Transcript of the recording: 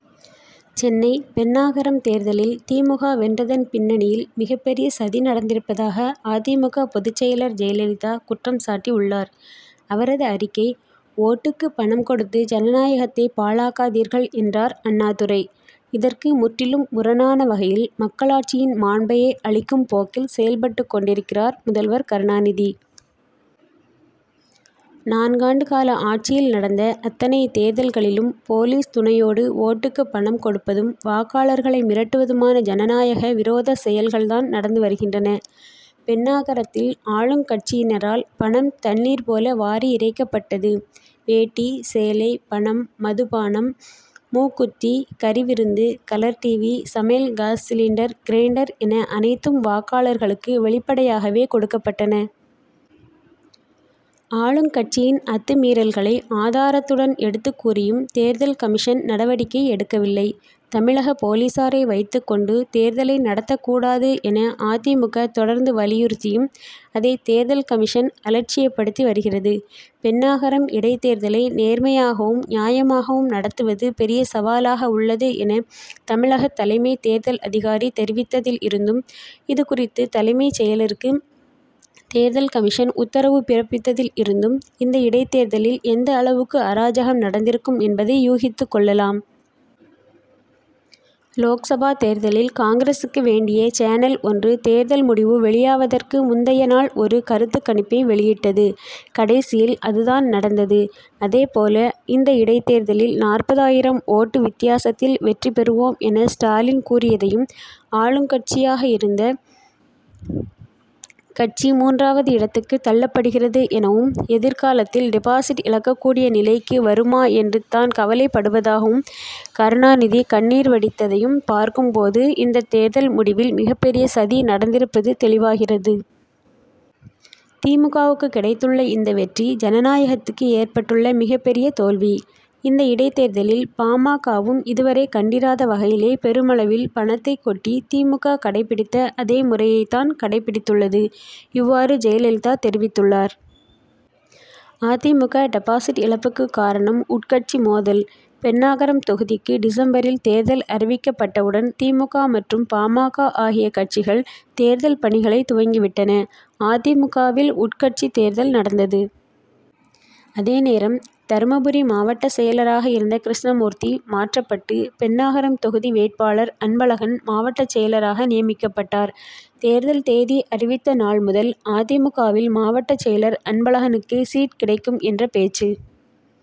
சென்னை பென்னாகரம் தேர்தலில் தி. மு. க. வென்றதன் பின்னணியில் மிகப் பெரிய சதி நடந்திருப்பதாக அ. தி. மு. க. பொதுச் செயலர் ஜெயலலிதா குற்றம்சாட்டி உள்ளார். அவரது அறிக்கை:ஓட்டுக்கு பணம் கொடுத்து ஜனநாயகத்தை பாழாக்காதீர்கள் என்றார் அண்ணாதுரை. இதற்கு முற்றிலும் முரணான வகையில் மக்களாட்சியின் மாண்பையே அழிக்கும் போக்கில் செயல்பட்டுக் கொண்டிருக்கிறார் முதல்வர் கருணாநிதி. நான்காண்டு கால ஆட்சியில் நடந்த அத்தனை தேர்தல்களிலும் போலீஸ் துணையோடு ஓட்டுக்கு பணம் கொடுப்பதும் வாக்காளர்களை மிரட்டுவதுமான ஜனநாயக விரோதச் செயல்கள் தான் நடந்து வருகின்றன. பென்னாகரத்தில் ஆளுங்கட்சியினரால் பணம் தண்ணீர் போல வாரி இறைக்கப்பட்டது. வேட்டி, சேலை, பணம், மதுபானம், மூக்குத்தி, கறி விருந்து, கலர் டிவி சமையல் காஸ் சிலிண்டர் கிரைண்டர் என அனைத்தும் வாக்காளர்களுக்கு வெளிப்படையாகவே கொடுக்கப்பட்டன. ஆளுங்கட்சியின் அத்துமீறல்களை ஆதாரத்துடன் எடுத்துக் கூறியும் தேர்தல் கமிஷன் நடவடிக்கை எடுக்கவில்லை. தமிழக போலீசாரை வைத்துக்கொண்டு தேர்தலை நடத்தக் கூடாது என அ. தி. மு. க தொடர்ந்து வலியுறுத்தியும் அதை தேர்தல் கமிஷன் அலட்சியப்படுத்தி வருகிறது. பென்னாகரம் இடைத்தேர்தலை நேர்மையாகவும் நியாயமாகவும் நடத்துவது பெரிய சவாலாக உள்ளது என தமிழகத் தலைமைத் தேர்தல் அதிகாரி தெரிவித்ததில் இருந்தும் இதுகுறித்து தலைமைச் செயலருக்கு தேர்தல் கமிஷன் உத்தரவு பிறப்பித்ததில் இருந்தும் இந்த இடைத்தேர்தலில் எந்த அளவுக்கு அராஜகம் நடந்திருக்கும் என்பதை யூகித்துக் கொள்ளலாம். லோக்சபா தேர்தலில் காங்கிரசுக்கு வேண்டிய சேனல் ஒன்று தேர்தல் முடிவு வெளியாவதற்கு முந்தைய நாள் ஒரு கருத்துக் கணிப்பை வெளியிட்டது. கடைசியில் அது தான் நடந்தது. அதே போல இந்த இடைத்தேர்தலில் நாற்பது ஆயிரம் ஓட்டு வித்தியாசத்தில் வெற்றி பெறுவோம் என ஸ்டாலின் கூறியதையும் ஆளுங்கட்சியாக இருந்த கட்சி மூன்றாவது இடத்துக்கு தள்ளப்படுகிறது எனவும் எதிர்காலத்தில் டிபாசிட் இழக்கக்கூடிய நிலைக்கு வருமா என்று தான் கவலைப்படுவதாகவும் கருணாநிதி கண்ணீர் வடித்ததையும் பார்க்கும் போது இந்தத் தேர்தல் முடிவில் மிகப் பெரிய சதி நடந்திருப்பது தெளிவாகிறது. தி. மு. க.வுக்கு கிடைத்துள்ள இந்த வெற்றி ஜனநாயகத்துக்கு ஏற்பட்டுள்ள மிகப் பெரிய தோல்வி. இந்த இடைத்தேர்தலில் பா. ம. க.வும் இதுவரை கண்டிராத வகையில் பெருமளவில் பணத்தைக் கொட்டி தி. மு. க. கடைபிடித்த அதே முறையைத் தான் கடைபிடித்துள்ளது. இவ்வாறு ஜெயலலிதா தெரிவித்துள்ளார். அ. தி. மு. க. டிபாசிட் இழப்புக்கு காரணம் உட்கட்சி மோதல் பென்னாகரம் தொகுதிக்கு டிசம்பரில் தேர்தல் அறிவிக்கப்பட்டவுடன் தி. மு. க. மற்றும் பா. ம. க. ஆகிய கட்சிகள் தேர்தல் பணிகளை துவங்கி விட்டன. அ. தி. மு. க.வில் உட்கட்சி தேர்தல் நடந்தது. அதே நேரம் தர்மபுரி மாவட்ட செயலராக இருந்த கிருஷ்ணமூர்த்தி மாற்றப்பட்டு பென்னாகரம் தொகுதி வேட்பாளர் அன்பழகன் மாவட்டச் செயலராக நியமிக்கப்பட்டார். தேர்தல் தேதி அறிவித்த நாள் முதல் அ. தி. மு. க.வில் மாவட்ட செயலர் அன்பழகனுக்கே சீட் கிடைக்கும் என்ற பேச்சு